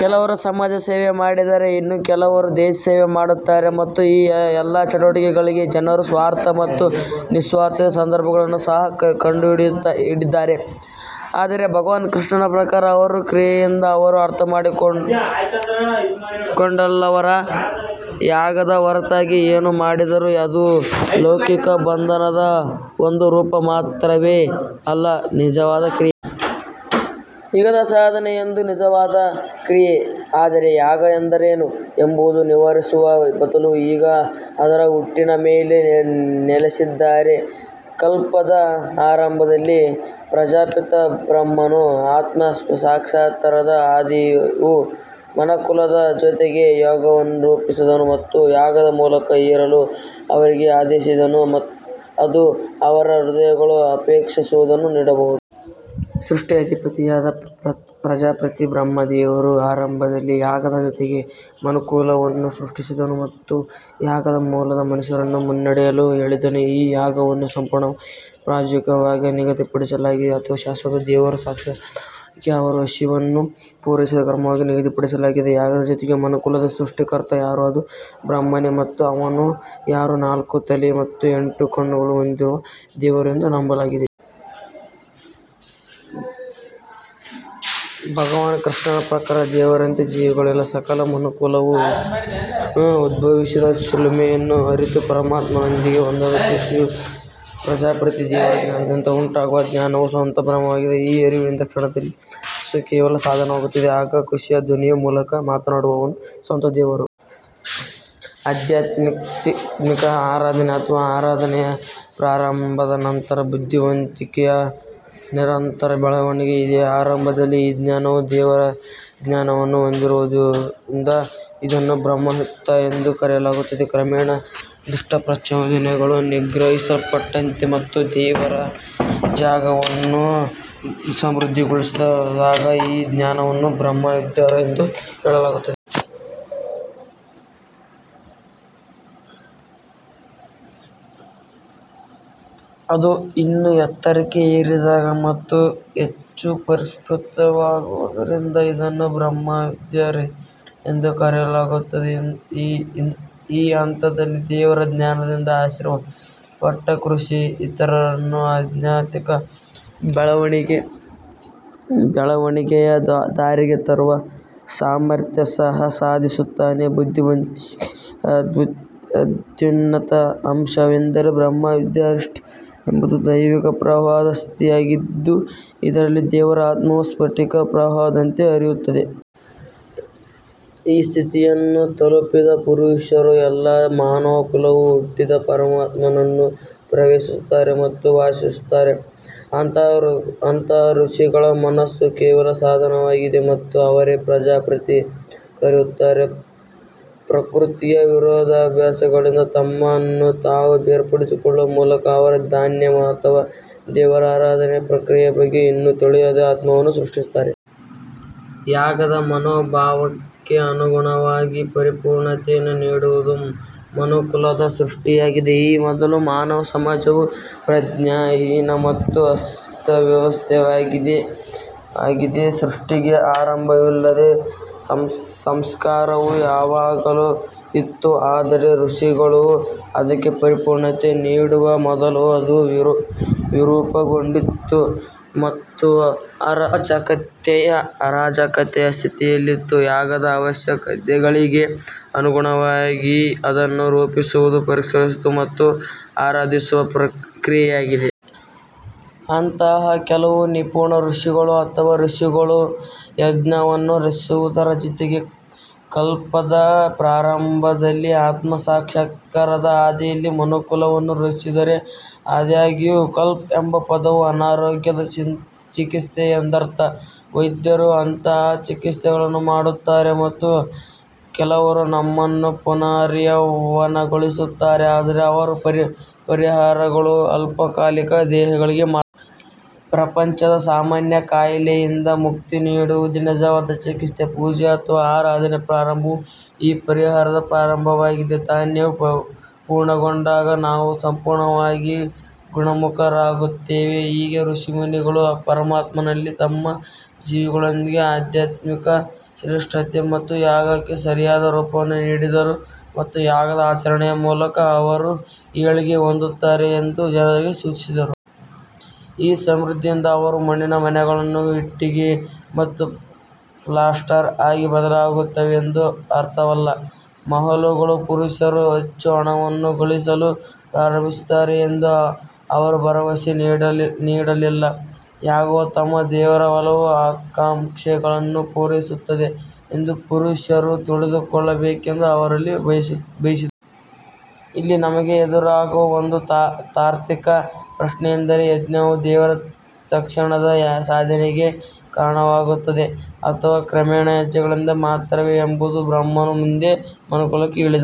ಕೆಲವರು ಸಮಾಜ ಸೇವೆ ಮಾಡಿದರೆ ಇನ್ನು ಕೆಲವರು ದೇಶ ಸೇವೆ ಮಾಡುತ್ತಾರೆ ಮತ್ತು ಈ ಎಲ್ಲಾ ಚಟುವಟಿಕೆಗಳಿಗೆ ಜನರು ಸ್ವಾರ್ಥ ಮತ್ತು ನಿಸ್ವಾರ್ಥತೆಯ ಸಂದರ್ಭಗಳನ್ನು ಸಹ ಕಂಡುಹಿಡಿದಿದ್ದಾರೆ ಆದರೆ ಭಗವಾನ್ ಕೃಷ್ಣನ ಪ್ರಕಾರ ಅವರು ಕ್ರಿಯೆಯಿಂದ ಅವರು ಅರ್ಥಮಾಡಿಕೊಂಡವರಲ್ಲ. ಯಾಗದ ಹೊರತಾಗಿ ಏನು ಮಾಡಿದರೂ ಅದು ಲೌಕಿಕ ಬಂಧನದ ಒಂದು ರೂಪ ಮಾತ್ರವೇ ಅಲ್ಲ ನಿಜವಾದ ಕ್ರಿಯೆ. ಯಾಗದ ಸಾಧನೆಯೊಂದೇ ನಿಜವಾದ ಕ್ರಿಯೆ ಆದರೆ ಯಾಗ ಎಂದರೇನು ಎಂಬುದನ್ನು ವಿವರಿಸುವ ಬದಲು ಈಗ ಅದರ ಹುಟ್ಟಿನ ಮೇಲೆ ನೆಲೆಸಿದ್ದಾರೆ. ಕಲ್ಪದ ಆರಂಭದಲ್ಲಿ ಪ್ರಜಾಪಿತ ಬ್ರಹ್ಮನು ಆತ್ಮ ಸಾಕ್ಷಾತ್ಕಾರದ ಹಾದಿಯು ಮನುಕುಲದ ಜೊತೆಗೆ ಯಾಗವನ್ನು ರೂಪಿಸಿದನು ಮತ್ತು ಯಾಗದ ಮೂಲಕ ಏರಲು ಅವರಿಗೆ ಆದೇಶಿಸಿದನು ಅದು ಅವರ ಹೃದಯಗಳು ಅಪೇಕ್ಷಿಸುವುದನ್ನು ನೀಡಬಹುದು. ಸೃಷ್ಟಿಯ ಅಧಿಪತಿಯಾದ ಪ್ರಜಾಪತಿ ಬ್ರಹ್ಮ ದೇವರು ಆರಂಭದಲ್ಲಿ ಯಾಗದ ಜೊತೆಗೆ ಮನುಕುಲವನ್ನು ಸೃಷ್ಟಿಸಿದನು ಮತ್ತು ಯಾಗದ ಮೂಲಕ ಮನುಷ್ಯರನ್ನು ಮುನ್ನಡೆಯಲು ಹೇಳಿದನು. ಈ ಯಾಗವನ್ನು ಸಂಪೂರ್ಣವಾಗಿ ಪ್ರಾಯೋಜಕವಾಗಿ ನಿಗದಿಪಡಿಸಲಾಗಿದೆ ಅಥವಾ ಶಾಶ್ವತ ದೇವರ ಸಾಕ್ಷಾತ್ಕಾರಕ್ಕಾಗಿ ಅವರ ಹಸಿವನ್ನು ಪೂರೈಸುವ ಕ್ರಮವಾಗಿ ನಿಗದಿಪಡಿಸಲಾಗಿದೆ. ಯಾಗದ ಜೊತೆಗೆ ಮನುಕುಲದ ಸೃಷ್ಟಿಕರ್ತ ಯಾರು ಅದು ಬ್ರಹ್ಮನೇ ಮತ್ತು ಅವನು ಯಾರು ನಾಲ್ಕು ತಲೆ ಮತ್ತು ಎಂಟು ಕಣ್ಣುಗಳನ್ನು ಹೊಂದಿರುವ ದೇವರು ಎಂದು ನಂಬಲಾಗಿದೆ. ಭಗವಾನ್ ಕೃಷ್ಣನ ಪ್ರಕಾರ ದೇವರಂತೆ ಜೀವಿಗಳಿಲ್ಲ. ಸಕಲ ಮನುಕುಲವು ಉದ್ಭವಿಸಿದ ಚಿಲುಮೆಯನ್ನು ಅರಿತು ಪರಮಾತ್ಮನೊಂದಿಗೆ ಒಂದಾದ ಋಷಿ ಪ್ರಜಾಪತಿ. ದೇವರ ಜ್ಞಾನದಿಂದ ಉಂಟಾಗುವ ಜ್ಞಾನವು ಸ್ವತಃ ಬ್ರಹ್ಮವಾಗಿದೆ. ಈ ಅರಿವಿನ ಕ್ಷಣದಲ್ಲಿ ಮನಸ್ಸು ಕೇವಲ ಸಾಧನವಾಗುತ್ತದೆ. ಆಗ ಋಷಿಯ ಧ್ವನಿಯ ಮೂಲಕ ಮಾತನಾಡುವವನು ಸ್ವತಃ ದೇವರೇ. ಆಧ್ಯಾತ್ಮಿಕ ಆರಾಧನೆ ಅಥವಾ ಆರಾಧನೆಯ ಪ್ರಾರಂಭದ ನಂತರ ಬುದ್ಧಿವಂತಿಕೆಯ ನಿರಂತರ ಬೆಳವಣಿಗೆ ಇದೆ. ಆರಂಭದಲ್ಲಿ ಈ ಜ್ಞಾನವು ದೇವರ ಜ್ಞಾನವನ್ನು ಹೊಂದಿರುವುದರಿಂದ ಇದನ್ನು ಬ್ರಹ್ಮವಿತ್ ಎಂದು ಕರೆಯಲಾಗುತ್ತದೆ. ಕ್ರಮೇಣ ದುಷ್ಟ ಪ್ರಚೋದನೆಗಳು ನಿಗ್ರಹಿಸಲ್ಪಟ್ಟಂತೆ ಮತ್ತು ದೇವರ ಜ್ಞಾನವನ್ನು ಸಮೃದ್ಧಗೊಳಿಸಿದಾಗ ಈ ಜ್ಞಾನವನ್ನು ಬ್ರಹ್ಮವಿದ್ವಾರ್ ಎಂದು ಹೇಳಲಾಗುತ್ತದೆ. ಅದು ಇನ್ನೂ ಎತ್ತರಕ್ಕೆ ಏರಿದಾಗ ಮತ್ತು ಹೆಚ್ಚು ಪರಿಷ್ಕೃತವಾಗುವುದರಿಂದ ಇದನ್ನು ಬ್ರಹ್ಮವಿದ್ವಾರಿಯನ್ ಎಂದು ಕರೆಯಲಾಗುತ್ತದೆ. ಈ ಹಂತದಲ್ಲಿ ದೇವರ ಜ್ಞಾನದಿಂದ ಆಶೀರ್ವದಿಸಲ್ಪಟ್ಟ ಋಷಿ ಇತರರನ್ನು ಆಧ್ಯಾತ್ಮಿಕ ಬೆಳವಣಿಗೆಯ ದಾರಿಗೆ ತರುವ ಸಾಮರ್ಥ್ಯವನ್ನು ಸಹ ಸಾಧಿಸುತ್ತಾನೆ. ಬುದ್ಧಿವಂತಿಕೆಯ ಅತ್ಯುನ್ನತ ಅಂಶವೆಂದರೆ ಬ್ರಹ್ಮವಿದ್ವಾರಿಷ್ಟ್ ಎಂಬುದು ದೈವಿಕ ಪ್ರವಾಹದ ಸ್ಥಿತಿಯಾಗಿದ್ದು ಇದರಲ್ಲಿ ದೇವರ ಆತ್ಮವು ಸ್ಫಟಿಕ ಪ್ರವಾಹದಂತೆ ಹರಿಯುತ್ತದೆ. ಈ ಸ್ಥಿತಿಯನ್ನು ತಲುಪಿದ ಪುರುಷರು ಎಲ್ಲ ಮಾನವಕುಲವು ಹುಟ್ಟಿದ ಪರಮಾತ್ಮನನ್ನು ಪ್ರವೇಶಿಸುತ್ತಾರೆ ಮತ್ತು ವಾಸಿಸುತ್ತಾರೆ. ಅಂತಹ ಋಷಿಗಳ ಮನಸ್ಸು ಕೇವಲ ಸಾಧನವಾಗಿದೆ ಮತ್ತು ಅವರೇ ಪ್ರಜಾಪತಿ ಎಂದು ಕರೆಯುತ್ತಾರೆ. ಪ್ರಕೃತಿಯ ವಿರೋಧಾಭಾಸಗಳಿಂದ ತಮ್ಮನ್ನು ತಾವು ಬೇರ್ಪಡಿಸಿಕೊಳ್ಳುವ ಮೂಲಕ ಅವರು ಧ್ಯಾನ ಅಥವಾ ದೇವರ ಆರಾಧನೆಯ ಪ್ರಕ್ರಿಯೆಯ ಬಗ್ಗೆ ಇನ್ನೂ ತಿಳಿಯದ ಆತ್ಮವನ್ನು ಸೃಷ್ಟಿಸುತ್ತಾರೆ. ಯಾಗದ ಮನೋಭಾವಕ್ಕೆ ಅನುಗುಣವಾಗಿ ಪರಿಪೂರ್ಣತೆಯನ್ನು ನೀಡುವುದು ಮನುಕುಲದ ಸೃಷ್ಟಿಯಾಗಿದೆ. ಈ ಮೊದಲು ಮಾನವ ಸಮಾಜವು ಪ್ರಜ್ಞಾಹೀನ ಮತ್ತು ಅಸ್ತವ್ಯಸ್ತವಾಗಿದೆ. ಸೃಷ್ಟಿಗೆ ಆರಂಭವಿಲ್ಲ. ಸಂಸ್ಕಾರ ಯಾವಾಗಲೂ ಇತ್ತು ಆದರೆ ಋಷಿಗಳು ಅದಕ್ಕೆ ಪರಿಪೂರ್ಣತೆಯನ್ನು ನೀಡುವ ಮೊದಲು ಅದು ವಿರೂಪಗೊಂಡಿತು ಮತ್ತು ಅರಾಜಕತೆಯ ಸ್ಥಿತಿಯಲ್ಲಿತ್ತು. ಯಾಗದ ಅವಶ್ಯಕತೆಗಳಿಗೆ ಅನುಗುಣವಾಗಿ ಅದನ್ನು ರೂಪಿಸುವುದು ಪರಿಷ್ಕರಿಸುವ ಮತ್ತು ಆರಾಧಿಸುವ ಕ್ರಿಯೆಯಾಗಿದೆ. ಅಂತಹ ಕೆಲವು ನಿಪುಣ ಋಷಿಗಳು ಅಥವಾ ಋಷಿಗಳು ಯಜ್ಞವನ್ನು ರಚಿಸುವುದರ ಜೊತೆಗೆ ಕಲ್ಪದ ಪ್ರಾರಂಭದಲ್ಲಿ ಆತ್ಮ ಸಾಕ್ಷಾತ್ಕಾರದ ಹಾದಿಯಲ್ಲಿ ಮನುಕುಲವನ್ನು ರಚಿಸಿದರು. ಆದಾಗ್ಯೂ ಕಲ್ಪ್ ಎಂಬ ಪದವು ಅನಾರೋಗ್ಯದ ಚಿಕಿತ್ಸೆ ಎಂದರ್ಥ. ವೈದ್ಯರು ಅಂತಹ ಚಿಕಿತ್ಸೆಗಳನ್ನು ಮಾಡುತ್ತಾರೆ ಮತ್ತು ಕೆಲವರು ನಮ್ಮನ್ನು ಪುನರ್ಯೌವನಗೊಳಿಸುತ್ತಾರೆ ಆದರೆ ಅವರ ಪರಿಹಾರಗಳು ಅಲ್ಪಕಾಲಿಕ ದೇಹಗಳಿಗೆ ಮಾತ್ರ. ಪ್ರಪಂಚದ ಸಾಮಾನ್ಯ ಕಾಯಿಲೆಯಿಂದ ಮುಕ್ತಿ ನೀಡುವುದೇ ನಿಜವಾದ ಚಿಕಿತ್ಸೆ. ಪೂಜೆ ಅಥವಾ ಆರಾಧನೆಯ ಪ್ರಾರಂಭವು ಈ ಪರಿಹಾರದ ಪ್ರಾರಂಭವಾಗಿದೆ. ಧ್ಯಾನವು ಪೂರ್ಣಗೊಂಡಾಗ ನಾವು ಸಂಪೂರ್ಣವಾಗಿ ಗುಣಮುಖರಾಗುತ್ತೇವೆ. ಹೀಗೆ ಋಷಿಮುನಿಗಳು ಪರಮಾತ್ಮನಲ್ಲಿ ತಮ್ಮ ಜೀವಿಗಳೊಂದಿಗೆ ಆಧ್ಯಾತ್ಮಿಕ ಶ್ರೇಷ್ಠತೆ ಮತ್ತು ಯಾಗಕ್ಕೆ ಸರಿಯಾದ ರೂಪವನ್ನು ನೀಡಿದರು ಮತ್ತು ಯಾಗದ ಆಚರಣೆಯ ಮೂಲಕ ಅವರು ಏಳಿಗೆ ಹೊಂದುತ್ತಾರೆ ಎಂದು ಜನರಿಗೆ ಸೂಚಿಸಿದರು. ಈ ಸಮೃದ್ಧಿಯಿಂದ ಅವರು ಮಣ್ಣಿನ ಮನೆಗಳು ಇಟ್ಟಿಗೆ ಮತ್ತು ಪ್ಲಾಸ್ಟರ್ ಆಗಿ ಬದಲಾಗುತ್ತವೆ ಎಂದು ಅರ್ಥವಲ್ಲ. ಮಹಲುಗಳು ಪುರುಷರು ಹೆಚ್ಚು ಹಣವನ್ನು ಗಳಿಸಲು ಪ್ರಾರಂಭಿಸುತ್ತಾರೆ ಎಂದು ಅವರು ಭರವಸೆ ನೀಡಲಿಲ್ಲ. ಯಾಗವು ತಮ್ಮ ದೇವರ ಒಲವು ಆಕಾಂಕ್ಷೆಗಳನ್ನು ಪೂರೈಸುತ್ತದೆ ಎಂದು ಪುರುಷರು ತಿಳಿದುಕೊಳ್ಳಬೇಕೆಂದು ಅವರು ಬಯಸಿದರು. ಇಲ್ಲಿ ನಮಗೆ ಎದುರಾಗುವ ಒಂದು ತಾರ್ಕಿಕ ಪ್ರಶ್ನೆಯೆಂದರೆ ಯಜ್ಞವು ದೇವರ ತಕ್ಷಣದ ಸಾಧನೆಗೆ ಕಾರಣವಾಗುತ್ತದೆಯೇ ಅಥವಾ ಕ್ರಮೇಣ ಹೆಜ್ಜೆಗಳಿಂದ ಮಾತ್ರವೇ ಎಂಬುದು. ಬ್ರಹ್ಮನು ಮುಂದೆ ಮನುಕುಲಕ್ಕೆ ಹೇಳಿದನು.